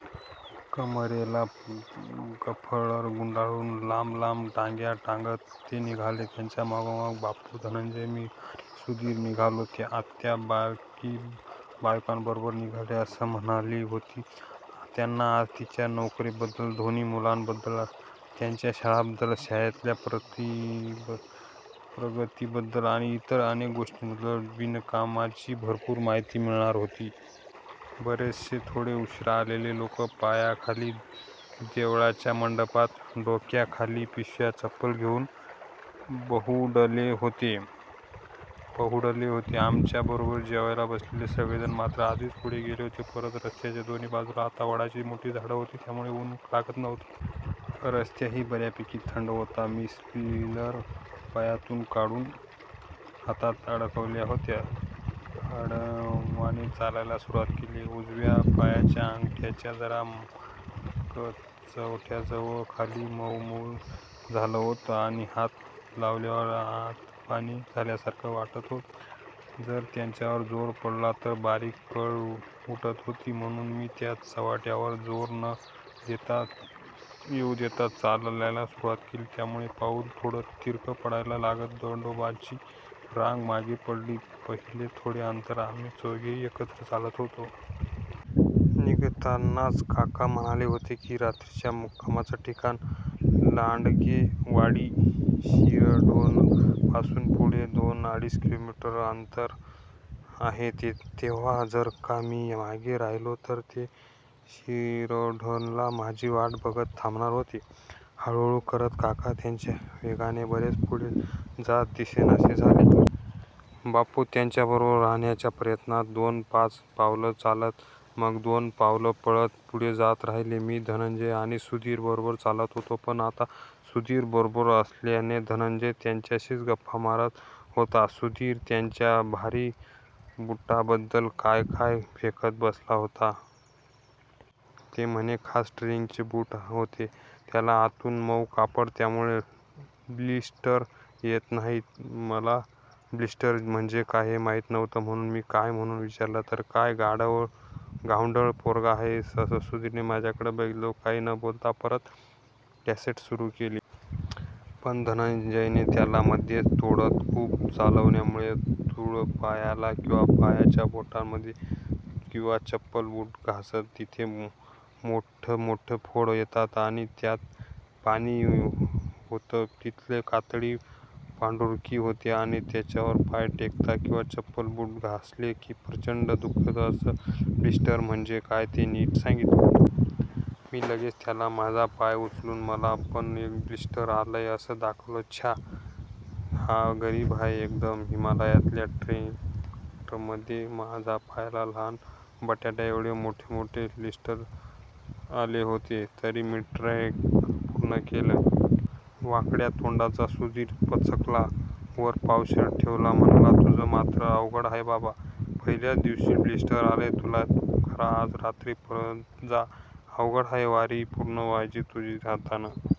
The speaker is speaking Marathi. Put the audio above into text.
कमरेला मफलर गुंडाळून लांब लांब ढांगा टाकत ते निघाले. त्यांच्या मागोमाग बापू, धनंजय, मी आणि सुधीर निघालो. आत्या बाकी बायकांबरोबर निघेन असं म्हणाली होती त्यांना आज तिच्या नोकरीबद्दल, दोन्ही मुलांबद्दल, त्यांच्या शाळांबद्दल, शाळेतल्या प्रगतीबद्दल आणि इतर अनेक गोष्टींबद्दल बिनकामाची भरपूर माहिती मिळणार होती. बरेचसे थोडे उशीरा आलेले लोक पाराखाली, देवळाच्या मंडपात, डोक्याखाली पिशव्या-चपला घेउन पहुडले होते. आमच्या बरोबर जेवायला बसलेले सगळेजण मात्र आधीच पुढे गेले होते. परत रस्त्याच्या दोन्ही बाजूनी आता वडाची मोठी झाडं होती त्यामुळं उन लागत नव्हतं. रस्ताही बर्यापैकी थंड होता. मी स्लीपर पायातून काढून हातात अडकवल्या आणि अनवाणी चालायला सुरुवात केली. उजव्या पायाच्या अंगठ्याच्या जरा मागं चवड्यावर खाली मउ मउ झालं होतं आणि हात लावल्यावर आत पाणी झाल्यासारखं वाटत होतं. जर त्याच्यावर जोर पडला तर बारीक कळ उठत होती. म्हणुन मी त्या चवड्यावर जोर न येउ देता चालायला सुरुवात केली. त्यामुळे पाउल थोडं तिरकं पडायला लागलं. दंडोबाची रांग मागे पडली. पहिले थोडे अंतर आम्ही चौघेही एकत्रच चालत होतो. निघतानाच काका म्हणाले होते की रात्रीच्या मुक्कामाचं ठिकाण, लांडगेवाडी, शिरढोणपासून पुढे दोन-अडीच किलोमीटर आहे. तेव्हा जर का मी मागे राहिलो तर ते शिरढोणला माझी वाट बघत थांबणार होते. हळुहळु करत काका त्यांच्या वेगाने बरेच पुढे जात दिसेनासे झाले. बापू त्यांच्याबरोबर राहण्याच्या प्रयत्नात दोन-पाच पावलं चालत, मग दोन पावलं पळत पुढे जात राहिले. मी धनंजय आणि सुधीर बरोबर चालत होतो. पण आता सुधीर बरोबर असल्याने धनंजय त्याच्याशीच गप्पा मारत होता. सुधीर त्याच्या भारी बुटांबद्दल काय काय फेकत बसला होता. ते म्हणे खास ट्रेकिंगचे बूट होते. त्याला आतून मउ कापड होतं ज्यामुळे ब्लिस्टर येत नाहीत. मला ब्लिस्टर म्हणजे काय ते माहिती नव्हतं म्हणुन मी काय म्हणुन विचारलं तर काय गावंढळ पोरगा आहे असं सुधीरने माझ्याकडे बघितली व काही न बोलता परत कॅसेट सुरु केली. पण धनंजयने त्याला मध्येच तोडत खूप चालल्यामुळे तळपायाला किंवा पायाच्या बोटांमध्ये किंवा चप्पल-बूट घासतात तिथे मोठे मोठे फोड येतात आणि त्यात पाणी होतं. तिथली कातडी पांढुरकी होते आणि त्याच्यावर पाय टेकला किंवा चप्पल-बूट घासले की प्रचंड दुखतं असं ब्लिस्टर म्हणजे काय ते नीट सांगितले. मी लगेच त्यांना माझा पाय उचलून मला पण एक ब्लिस्टर आलाय असं दाखवलं. छ्या! हा गरीब आहे एकदम. हिमालयातल्या ट्रेकमध्ये माझ्या पायाला लहान बटाट्याएव्हडे मोठे मोठे ब्लिस्टर आले होते. तरी मी ट्रेक पूर्ण केला. वाकड्या तोंड्याचा सुधीर पचकला. वर पावशेर ठेवत म्हणाला, तुझं मात्र अवघड आहे बाबा. पहिल्याच दिवशी ब्लिस्टर आलाय तुला. तू खरा आज रात्रीच परत जा. अवघड आहे वारी पूर्ण व्हायची तुझ्या हातनं